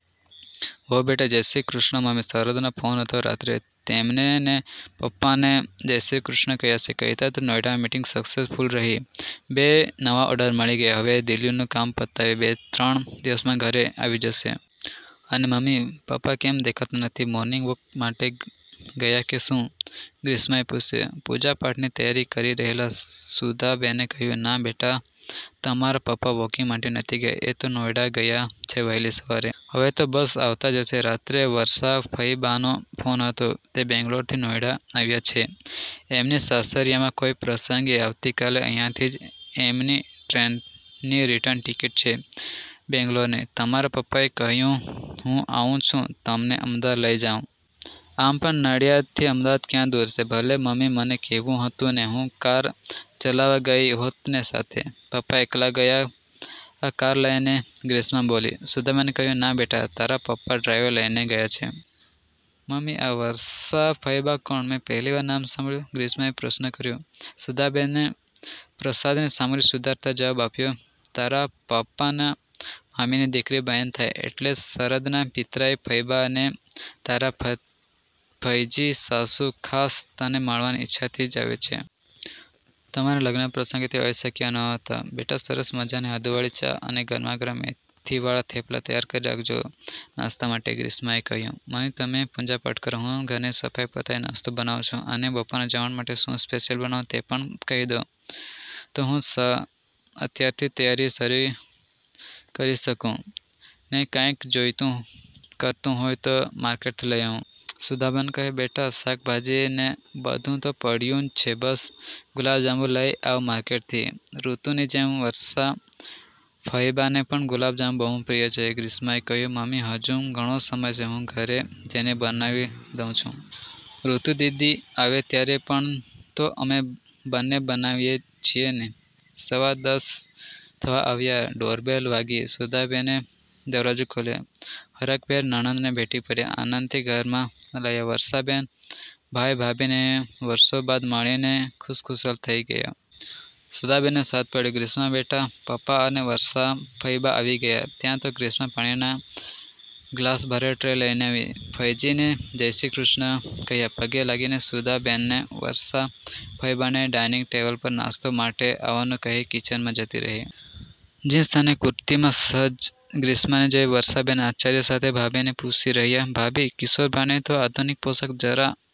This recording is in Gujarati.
વહુબેટા; "જય શ્રી કૃષ્ણ મમ્મી, શરદનો ફોન હતો રાત્રે, તમને ને પપ્પાને જય શ્રી કૃષ્ણ કહ્યાં છે. કહેતા હતા નોઇડામા મિટીંગ સક્સેસફૂલ રહી. બે નવા ઓર્ડર મળી ગયા, હવે દિલ્હીનું કામ પતાવી બે ત્રણ દિવસમાં ઘરે આવી જશે. અને મમ્મી, પપ્પા કેમ દેખાતા નથી? મોર્નિંગવોક માટે ગયા કે શું?" ગ્રીષ્માએ પુછ્યું. પુજાપાઠની તૈયારી કરી રહેલા સુધાબેને કહ્યું,"ના બેટા તારા પપ્પા વોકિંગ માટે નથી ગયા, એ તો નોઇડા ગયા છે વહેલી સવારે. હવે તો બસ આવતા જ હશે. રાત્રે વર્ષા ફઇબાનો ફોન હતો. તે બેંગ્લોરથી નડિયાદ આવ્યા છે. એમની સાસરીમા કોઇ પ્રસંગે, આવતી કાલે અહીંયાથી જ એમની ટ્રેનની રીટર્ન ટિકિટ છે બેંગ્લોરની. તારા પપ્પાએ કહ્યું હું આવું છું તને અમદાવાદ લઈ જવા. આમ પણ નડિયાદ થી અમદાવાદ ક્યાં દુર છે?" "ભલે મમ્મી મને કહેવું હતું ને હું કાર ચલાવા ગઇ હોતને સાથે, પપ્પા એકલા ગયા કાર લઈને?" ગ્રીષ્મા બોલી. સુધાબેને કહ્યું,"ના બેટા તારા પપ્પા ડ્રાઇવર લઇને ગયા છે." "મમ્મી આ વર્ષા ફઇબા કોણ? મેં તો પહેલીવાર નામ સાંભળ્યુ." ગ્રીષ્માએ પ્રશ્ન કર્યો. સુધાબેને પ્રસાદની સામગ્રી સુધારતા જવાબ આપ્યો, "તારા પપ્પાના મામાની દીકરી, બહેન થાય. એટલે શરદના પિતરાઈ ફઇબા ને તારા ફઇજી સાસુ, ખાસ તને મળવાની ઇચ્છાથી જ આવે છે. તમારા લગ્નપ્રસંગે તેઓ આવી શક્યા નહોતા. બેટા સરસ મજાની આદુવાળી ચા અને ગરમાગરમ મેથીવાળા થેપલા તૈયાર કરી રાખજે નાસ્તા માટે." ગ્રીષ્મા એ કહ્યુ,"મમ્મી તમે પુજાપાઠ કરો, હું ઘરની સાફસફાઈ પતાવી નાસ્તો બનાવું છું, અને બપોરના જમણ માટે શું સ્પેશિયલ બનાવું તે પણ કહી દો તો હું અત્યારથી તૈયારી શરૂ કરી શકું, ને કાંઈ જોઇતું કરતું હોય તો માર્કેટથી લઇ આવું." સુધાબેન કહે,"બેટા શાકભાજી ને બધું તો પડ્યું જ છે. બસ ગુલાબજાંબુ લઇ આવો માર્કેટથી, ૠતુની જેમ વર્ષાફઇબાને પણ ગુલાબજાંબુ બહુ પ્રિય છે." ગ્રીષ્માએ કહ્યુ,"મમ્મી હજુ ઘણો સમય છે. હું ઘરે જ બનાવી દઉં છું. ૠતુદીદી આવે ત્યારે પણ તો અમે બંને બનાવીએ જ છીએને." સવા દશ થવા આવ્યા હતા, ડોરબેલ વાગી. સુધાબેને દરવાજો ખોલ્યો, હરખભેર નણંદને ભેટી પડ્યા. આનંદથી ઘરમાં લાવ્યા. વર્ષાબેન ભાઈ-ભાભીને વરસો બાદ મળીને ખુશખુશાલ થઈ ગયા. સુધાબેને સાદ પાડ્યો,"ગ્રીષ્માબેટા, પપ્પા અને વર્ષાફઇબા આવી ગયા." ત્યાં તો ગ્રીષ્મા પાણીના ગ્લાસ ભરેલી ટ્રે લઇને આવી, ફઇજીને 'જયશ્રીકૃષ્ણ' કહ્યા, પગે લાગી અને સુધાબેનને, વર્ષાફઇબાને ડાઇનિંગ ટેબલ પર નાસ્તા માટે આવવાનું કહી કિચનમા જતી રહી. જીન્સ અને કુર્તીમા સજજ ગ્રીષ્માને જોઈ વર્ષાબેન આશ્ચર્ય સાથે ભાભીને પુછી રહ્યા,"ભાભી કિશોરભાઈને તો આધુનિક પોશાક જરા